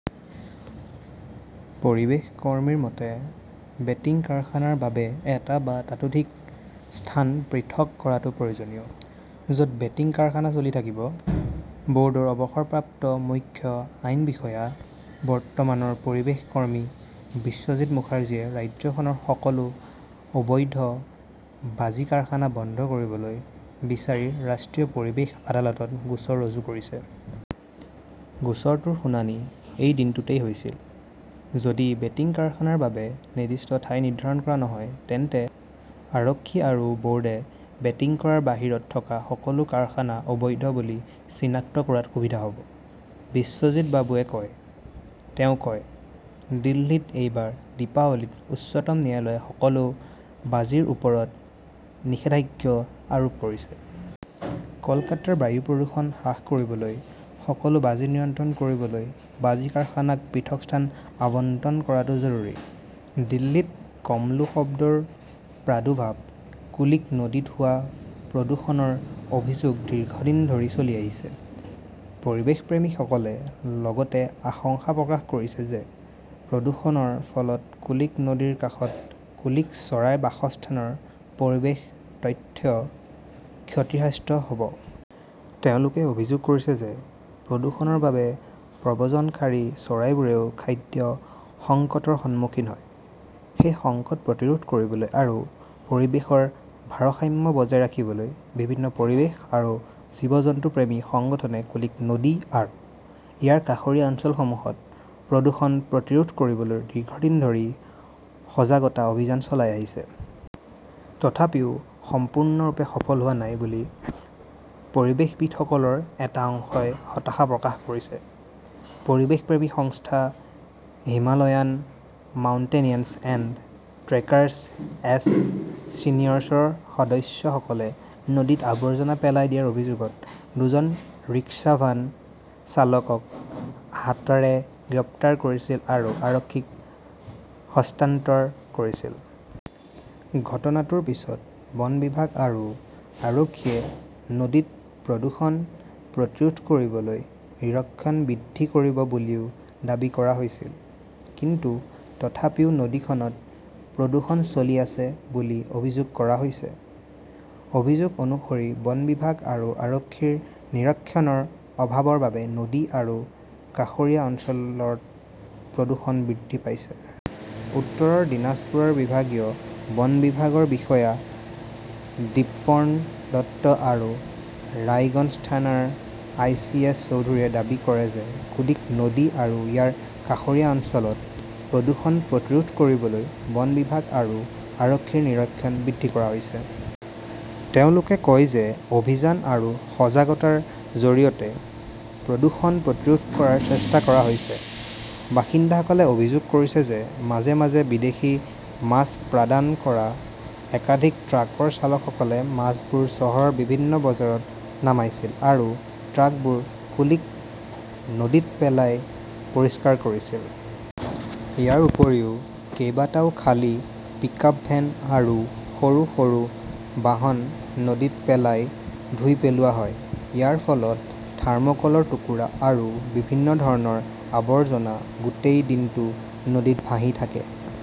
পৰিৱেশ কৰ্মীসকলৰ মতে, বেটিং কাৰখানাৰ বাবে এটা বা ততোধিক স্থান পৃথক কৰাটো প্ৰয়োজনীয়। য 'ত বেটিং কাৰখানা চলি থাকিব। বৰ্ডৰ অৱসৰপ্ৰাপ্ত মুখ্য আইন বিষয়া, বৰ্তমানৰ পৰিৱেশ কৰ্মী বিশ্বজিত মুখাৰ্জীয়ে ৰাজ্যখনৰ সকলো অবৈধ বাজি কাৰখানা বন্ধ কৰিবলৈ বিচাৰি ৰাষ্ট্ৰীয় পৰিৱেশ আদালতত গোচৰ ৰুজু কৰিছে। গোচৰটোৰ শুনানি এই দিনটোতে হৈছিল। যদি বেটিং কাৰখানাৰ বাবে নিৰ্দিষ্ট ঠাই নিৰ্ধাৰণ কৰা হয়, তেন্তে আৰক্ষী আৰু বোৰ্ডে বেটিং কৰাৰ বাহিৰত থকা সকলো কাৰখানা অবৈধ বুলি চিনাক্ত কৰাত সুবিধা হব, বিশ্বজিত বাবুৱে কয়, তেওঁ কয়, দিল্লীত এইবাৰ দীপাৱলীত উচ্চতম ন্যায়ালয়ে সকলো বাজিৰ ওপৰত নিষেধাজ্ঞা আৰোপ কৰিছে। কলকাতাৰ বায়ুৰ প্ৰদূষণ হ্ৰাস কৰিবলৈ সকলো বাজি নিয়ন্ত্ৰণ কৰিবলৈ বাজি কাৰখানাক পৃথক স্থান আবণ্টন কৰাটো জৰুৰী। দিল্লীত কমলো শব্দৰ প্ৰাদুৰ্ভাৱ কুলিক নদীত হোৱা প্ৰদূষণৰ অভিযোগ দীৰ্ঘদিন ধৰি চলি আহিছে। পৰিৱেশপ্ৰেমীসকলে লগতে আশংকা প্ৰকাশ কৰিছে যে প্ৰদূষণৰ ফলত কুলিক নদীৰ কাষৰ কুলিক চৰাইৰ বাসস্থানৰ পৰিৱেশ তন্ত্ৰ ক্ষতিগ্ৰস্ত হব। তেওঁলোকে অভিযোগ কৰে যে প্ৰদূষণৰ বাবে প্ৰব্ৰজনকাৰী চৰাইবোৰেও খাদ্যৰ সংকটৰ সন্মুখীন হয়। সেই সংকট প্ৰতিৰোধ কৰিবলৈ আৰু পৰিৱেশৰ ভাৰসাম্য বজাই ৰাখিবলৈ, বিভিন্ন পৰিৱেশ আৰু জীৱ-জন্তু প্ৰেমী সংগঠনে কুলিক নদী আৰু ইয়াৰ কাষৰীয়া অঞ্চলসমূহত প্ৰদূষণ প্ৰতিৰোধ কৰিবলৈ দীৰ্ঘদিন ধৰি সজাগতা অভিযান চলাই আহিছে। তথাপিও সম্পূৰ্ণৰূপে সফল হোৱা নাই বুলি পৰিৱেশবিদসকলৰ এটা অংশই হতাশা প্ৰকাশ কৰিছে। পৰিৱেশপ্ৰেমী সংস্থা হিমালয়ান মাউণ্টেনিয়াৰ্ছ এণ্ড ট্ৰেকাৰ্ছ এছ চিয়েশ্যনৰ সদস্যসকলে নদীত আৱৰ্জনা পেলাই দিয়াৰ অভিযোগত দুজন ৰিক্সাভ্যান চালকক হাতেৰে গ্ৰেপ্তাৰ কৰিছিল আৰু আৰক্ষীক হস্তান্তৰ কৰিছিল। ঘটনাটোৰ পিছত বন বিভাগ আৰু আৰক্ষীয়ে নদীত প্ৰদূষণ প্ৰতিৰোধ কৰিবলৈ নিৰীক্ষণ বৃদ্ধি কৰিব বুলিও দাবী কৰা হৈছিল। কিন্তু তথাপিও নদীখনত প্ৰদূষণ চলি আছে বুলি অভিযোগ কৰা হৈছে। অভিযোগ অনুসৰি বন বিভাগ আৰু আৰক্ষীৰ নিৰীক্ষণৰ অভাৱৰ বাবে নদী আৰু কাষৰীয়া অঞ্চলত প্ৰদূষণ বৃদ্ধি পাইছে। উত্তৰ দিনাজপুৰৰ বিভাগীয় বন বিভাগৰ বিষয়া দ্বিপৰ্ণ দত্ত আৰু ৰায়গঞ্জ থানাৰ আই. চি. ব্ৰাছ চৌধুৰীয়ে দাবী কৰে যে কুলিক নদী আৰু ইয়াৰ কাষৰীয়া অঞ্চলত প্ৰদূষণ প্ৰতিৰোধ কৰিবলৈ বন বিভাগ আৰু আৰক্ষীৰ নিৰীক্ষণ বৃদ্ধি কৰা হৈছে। তেওঁলোকে কয় যে অভিযান আৰু সজাগতাৰ জৰিয়তে প্ৰদূষণ প্ৰতিৰোধ কৰাৰ চেষ্টা কৰা হৈছে। বাসিন্দাসকলে অভিযোগ কৰিছে যে মাজে-মাজে বিদেশী মাছ প্ৰদান কৰা একাধিক ট্ৰাকৰ চালকসকলে মাছবোৰ চহৰৰ বিভিন্ন বজাৰত নামাইছিল আৰু ট্ৰাকবোৰ কুলিক নদীত পেলাই পৰিষ্কাৰ কৰিছিল। ইয়াৰ উপৰিও, কেইবাটাও খালী পিকআপ ভেন আৰু সৰু-সৰু বাহন নদীত পেলাই ধুই পেলোৱা হয়। ইয়াৰ ফলত থাৰ্মকলৰ টুকুৰা আৰু বিভিন্ন ধৰণৰ আৱৰ্জনা গোটেই দিনটো নদীত ভাহি থাকে।